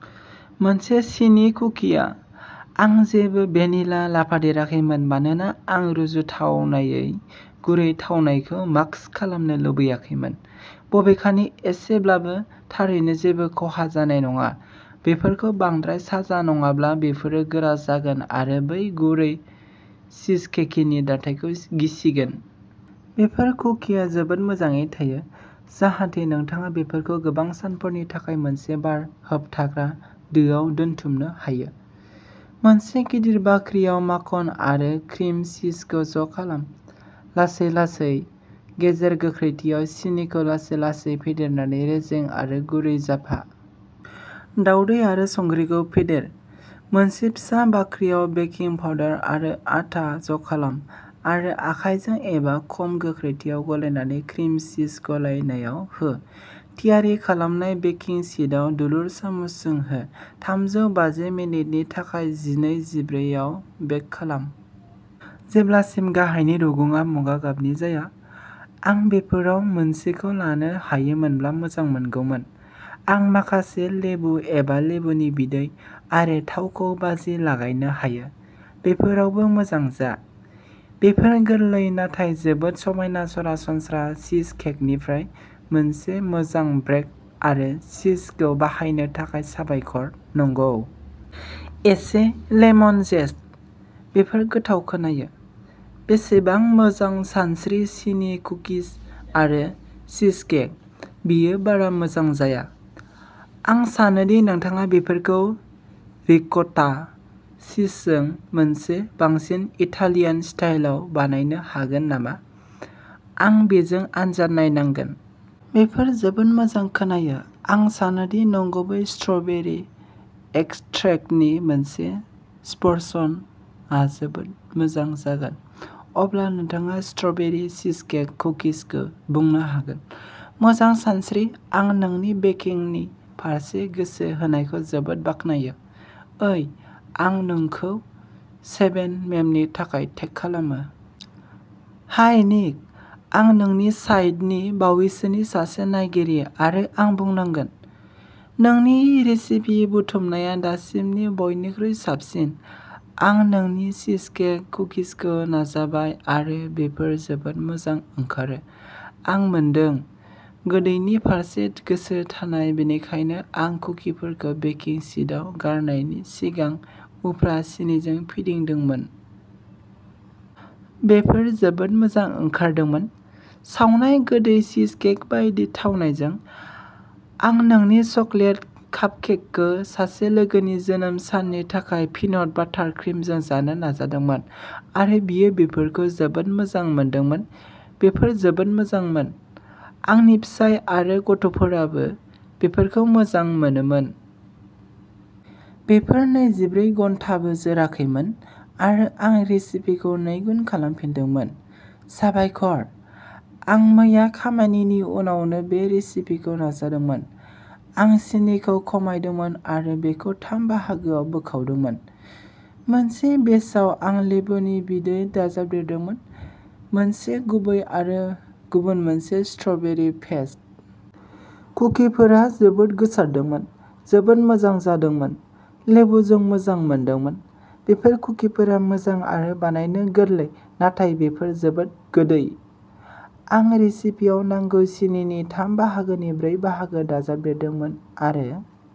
मोनसे सिनि कुकिआ। आं जेबो भेनिला लाफादेराखैमोन मानोना आं रुजुथावनायै गुरै थावनायखौ मास्क खालामनो लुबैयाखैमोन। बबेखानि एसेब्लाबो थारैनो जेबो खहा जानाय नङा। बेफोरखौ बांद्राय साजा नङाब्ला बेफोरो गोरा जागोन आरो बै गुरै चीजकेकिनि दाथायखौ गिसिगोन। बेफोर कुकिआ जोबोद मोजाङै थायो। जाहाथे नोंथाङा बेफोरखौ गोबां सानफोरनि थाखाय मोनसे बार होबथाग्रा दोआव दोनथुमनो हायो। मोनसे गिदिर बाख्रियाव माखन आरो क्रिम चीजखौ ज'खालाम। लासै-लासै गेजेर गोख्रैथियाव सिनिखौ लासै-लासै फेदेरनानै रेजें आरो गुरै जाफा। दावदै आरो संख्रिखौ फेदेर। मोनसे फिसा बाख्रियाव बेकिं पाउडार आरो आटा ज'खालाम आरो आखायजों एबा खम गोख्रैथियाव गलायनानै क्रिम चीज गलायनायाव हो। थियारि खालामनाय बेकिं शीटआव दुलुर सामुसजों हो। थामजौ बाजि मिनिटनि थाखाय जिनै-जिब्रै आव बेक खालाम। जेब्लासिम गाहायनि रुगुङा मुगा गाबनि जाया। आं बेफोराव मोनसेखौ लानो हायोमोनब्ला मोजांमोनगौमोन। आं माखासे लेबु एबा लेबुनि बिदै आरो थावखौ बाजि लागायनो हायो। बेफोरावबो मोजां जा। बेफोर गोरलै नाथाय जोबोद समायना सरासनस्रा चीजकेकनिफ्राय मोनसे मोजां ब्रेक आरो चीजखौ बाहायनो थाखाय साबायखर नंगौ। एसे लेमन जेस्ट। बेफोर गोथाव खोनायो। बेसेबां मोजां सानस्रि सिनि कुकिज आरो चीजकेक बेयो बारा मोजां जाया। आं सानो दि नोंथाङा बेफोरखौ रिक'टा चीजजों मोनसे बांसिन इटालियान स्टाइलआव बानायनो हागोन नामा। आं बेजों आनजाद नायनांगोन। बेफोर जोबोद मोजां खोनायो। आं सानोदि नंगुबै स्ट्र'बेरि एक्सट्रैक्टनि मोनसे स्पर्शनआ जोबोद मोजां जागोन। अब्ला नोंथाङा स्ट्र'बेरि चीजकेक कुकिजखौ बुंनो हागोन। मोजां सानस्रि आं नोंनि बेकिंगनि फारसे गोसो होनायखौ जोबोद बाख्नायो। ओइ आं नोंखौ सेभेन मेमनि थाखाय टेग खालामो! हाय निक आं नोंनि साइटनि बावैसोनि सासे नायगिरि आरो आं बुंनांगोन। नोंनि रेसिपि बुथुमनाया दासिमनि बयनिख्रुइ साबसिन। आं नोंनि चीजकेक कुकिजखौ नाजाबाय आरो बेफोर जोबोद मोजां ओंखारो। आं मोनदों। गोदैनि फारसे गोसो थानाय बेनिखायनो आं कुकिफोरखौ बेकिं शीटआव गारनायनि सिगां उफ्रा सिनिजों फिदिंदोंमोन। बेफोर जोबोद मोजां ओंखारदोंमोन। सावनाय गोदै चीजकेक बायदि थावनायजों। आं नोंनि चकलेट कापकेकखौ सासे लोगोनि जोनोम साननि थाखाय पिनट बाटार क्रिमजों जानो नाजादोंमोन आरो बियो बेफोरखौ जोबोद मोजां मोनदोंमोन। बेफोर जोबोद मोजांमोन। आंनि फिसाय आरो गथ'फोराबो बेफोरखौ मोजां मोनोमोन। बेफोर नैजिब्रै घन्टाबो जोराखैमोन आरो आं रेसिपिखौ नैगुन खालामफिनदोंमोन। साबायखर। आं मैया खामानिनि उनावनो बे रेसिपिखौ नाजादोंमोन। आं सिनिखौ खमायदोंमोन आरो बेखौ थाम बाहागोआव बोखावदोंमोन। मोनसे बेचआव आं लेबुनि बिदै दाजाबदेरदोंमोन। मोनसे गुबै आरो गुबुन मोनसे स्ट्रबेरी पेस्ट। कुकिफोरा जोबोद गोसारदोंमोन। जोबोद मोजां जादोंमोन। लेबुजों मोजां मोनदोंमोन। बेफोर कुकिफोरा मोजां आरो बानायनो गोरलै नाथाय बेफोर जोबोद गोदै। आं रेसिपिआव नांगौ सिनिनि थाम बाहागोनि ब्रै बाहागो दाजाबदेरदोंमोन आरो